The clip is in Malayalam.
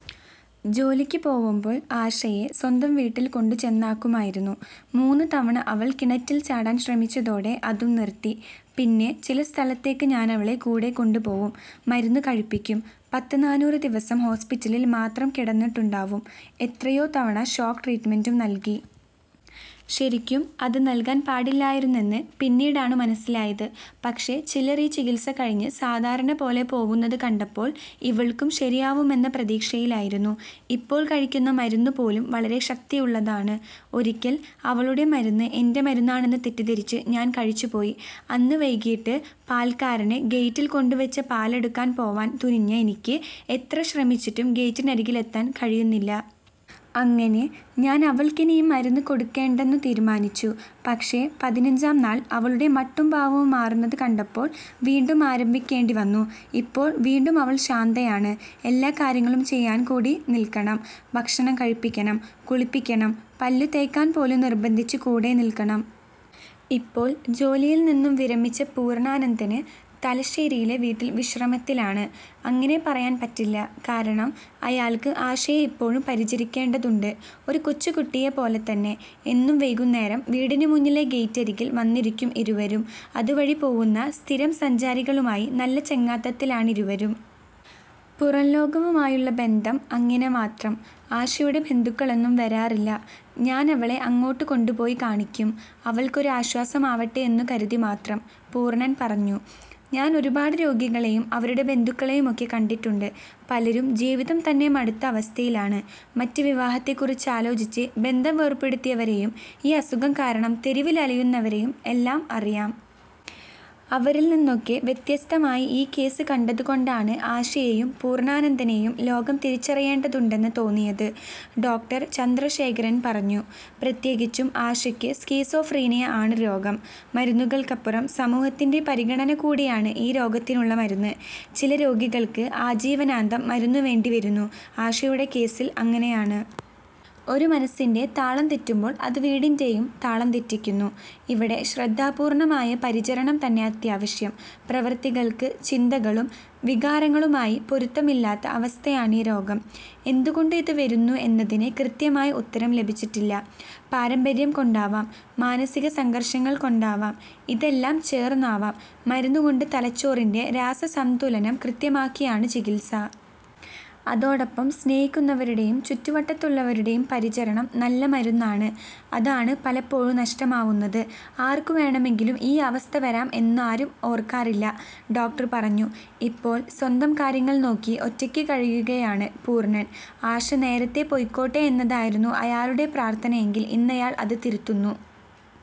ജോലിക്കു പോവുമ്പോള് ആശയെ സ്വന്തം വീട്ടില് കൊണ്ടുചെന്നാക്കുമായിരുന്നു. മൂന്നു തവണ അവള് കിണറ്റില് ചാടാന് ശ്രമിച്ചതോടെ അതും നിർത്തി. പിന്നെ ചില സ്ഥലത്തേക്ക് ഞാനവളെ കൂടെ കൊണ്ടുപോവും. മരുന്ന് കഴിപ്പിക്കും. പത്ത് നാനൂറ് ദിവസം ഹോസ്പിറ്റലില് മാത്രം കിടന്നിട്ടുണ്ടാവും. എത്രയോ തവണ ഷോക്ക് ട്രീറ്റ് മെന്റ്ലും നല്കി. ശരിക്കും അത് നല്കാന് പാടില്ലായിരുന്നെന്ന് പിന്നീടാണ് മന്സിലായത്. പക്ഷെ ചിലർ ഈ ചികിത്സ കഴിഞ്ഞ് സാധാരണ പോലെ പോവുന്നത് കണ്ടപ്പോള് ഇവള്ക്കും ശരിയാവുമെന്ന പ്രതീക്ഷയിലായിരുന്നു. ഇപ്പോള് കഴിക്കുന്ന മരുന്നു പോലും വളരെ ശക്തിയുള്ളതാണ്. ഒരിക്കല് അവളുടെ മരുന്ന് എന്റെ മരുന്നാണെന്ന് തെറ്റിദ്ധരിച്ച് ഞാന് കഴിച്ചുപോയി. അന്ന വൈകീട്ട് പാല്ക്കാരന് ഗേറ്റില് കൊണ്ടുവെച്ച പാലെടുക്കാന് പോവാന് തുനിഞ്ഞ എനിക്ക് എത്ര ശ്രമിച്ചിട്ടും ഗേറ്റിനരികിലെത്താന് കഴിയുന്നില്ല. അങ്ങിനെ ഞാന് അവള്ക്കിനി ഈ മരുന്ന് കൊടുക്കേണ്ടെന്നു തീരുമാനിച്ചു. പക്ഷെ പതിനഞ്ചാം നാള് അവളുടെ മട്ടും ഭാവവും മാറുന്നത് കണ്ടപ്പോള് വീണ്ടും ആരംഭിക്കേണ്ടി വന്നു. ഇപ്പോള് വീണ്ടും അവള് ശാന്തായാണ്. എല്ലാ കാര്യങ്ങളും ചെയ്യാന് കൂടെ നില്ക്കണം. ഭക്ഷണം കഴിപ്പിക്കണം. കുളിപ്പിക്കണം. പല്ലു തേക്കാന് പോലും നിര്ബ്ബന്ധിച്ച് കൂടെ നില്ക്കണം. ഇപ്പോള് ജോലിയില് നിന്നും വിരമിച്ച പൂര്ണ്ണാനന്ദന് തലശ്ശേരിയിലെ വീട്ടില് വിശ്രമത്തിലാണ്. അങ്ങിനെ പറയാന് പറ്റില്ല. കാരണം അയാള്ക്ക് ആശയെ ഇപ്പോഴും പരിചരിക്കേണ്ടതുണ്ട്. ഒരു കൊച്ചുകുട്ടിയെ പോലെ തന്നെ. എന്നും വൈകുന്നേരം വീടിനു മുന്നിലെ ഗേറ്റിരകില് വന്നിരിക്കും ഇരുവരും. അതുവഴി പോവുന്ന സ്ഥിരം സഞ്ചാരികളുമായി നല്ല ചങ്ങാത്തത്തിലാണിരുവരും. പുറംലോകവുമായുള്ള ബന്ധം അങ്ങിനെ മാത്രം. ആശയുടെ ബന്ധുക്കളൊന്നും വരാറില്ല. ഞാനവളെ അങ്ങോട്ട് കൊണ്ടുോപയി കാണിക്കും. അവള്ക്കൊരു ആശ്വാസമാവട്ടെ എന്നു കരുതി മാത്രം. പൂർണ്ണന് പറഞ്ഞു. ഞാന് ഒരുപാട് രോഗികളേയും അവരുടെ ബന്ധുക്കളേയുമൊക്കെ കണ്ടിട്ടുണ്ട്. പലരും ജീവിതം തന്നെ മടുത്ത അവസ്ഥയിലാണ്. മറ്റ് വിവാഹത്തെ കുറിച്ചാലോചിച്ച് ബന്ധം വേർപെടുത്തിയവരേയും ഈ അസുഖം കാരണം തെരുവില് അലയുന്നവരേയും എല്ലാം അറിയാം. അവരില് നിന്നൊക്കെ വ്യത്യസ്തമായി ഈ കേസ് കണ്ടതുകൊണ്ടാണ് ആശയേയും പൂർണ്ണാനന്ദനേയും ലോകം തിരിച്ചറിയേണ്ടതുണ്ടെന്നു തോന്നിയത്. ഡോ ചന്ദ്രശേഖരന് പറഞ്ഞു. പ്രത്യേകിച്ചും ആശയ്ക്ക് സ്കിസോഫ്രീനിയ ആണ് രോഗം. മരുന്നുകള്ക്കപ്പുറം സമൂഹത്തിന്റെ പരിഗണന കൂടിയാണ് ഈ രോഗത്തിനുള്ള മരുന്ന്. ചില രോഗികള്ക്ക് ആജീവനാന്തം മരുന്നു വേണ്ടി വരുന്നു. ആശയുടെ കേസില് അങ്ങിനെയാണ്. ഒരു മനസ്സിന്റെ താളം തെറ്റുമ്പോള് അത് വീടിന്റെയും താളം തെറ്റിക്കുന്നു. ഇവിടെ ശ്രദ്ധാപൂര്ണമായ പരിചരണം തന്നെ അത്യാവശ്യം. പ്രവൃത്തികള്ക്ക് ചിന്തകളും വികാരങ്ങളുമായി പൊരുത്തമില്ലാത്ത അവസ്ഥയാണീ രോഗം. എന്തുകൊണ്ട് ഇതു വരുന്നു എന്നതിന് കൃത്യമായ ഉത്തരം ലഭിച്ചിട്ടില്ല. പാരമമ്പര്യം കൊണ്ടാവാം, മാനസിക സംഘര്ഘങ്ങള് കൊണ്ടാവാം, ഇതെല്ലാം ചേര്ന്നാവാം. മരുന്നു കൊണ്ട് തലച്ചോറിന്റെ രാസസംതുലനം കൃത്യമാക്കിയാണ് ചികിത്സ. അതോടൊപ്പം സ്നേഹിക്കുന്നവരുടെയും ചുറ്റുവട്ടത്തുള്ളവരുടെയും പരിചരണം നല്ല മരുന്നാണ്. അതാണ് പലപ്പോഴും നഷ്ടമാവുന്നത്. ആര്ക്കു വേണമെങ്കിലും ഈ അവസ്ഥ വരാം എന്നാരും ഓര്ക്കാറില്ല. ഡോക്ടര് പറഞ്ഞു. ഇപ്പോള് സ്വന്തം കാര്യങ്ങള് നോക്കി ഒറ്റയ്ക്ക് കഴിയുകയാണ് പൂര്ണന്. ആശ നേരത്തെ പോയ്ക്കോട്ടെ എന്നതായിരുന്നു അയാളുടെ പ്രാര്ഥനയെങ്കില് ഇന്നയാള് അത് തിരുത്തുന്നു.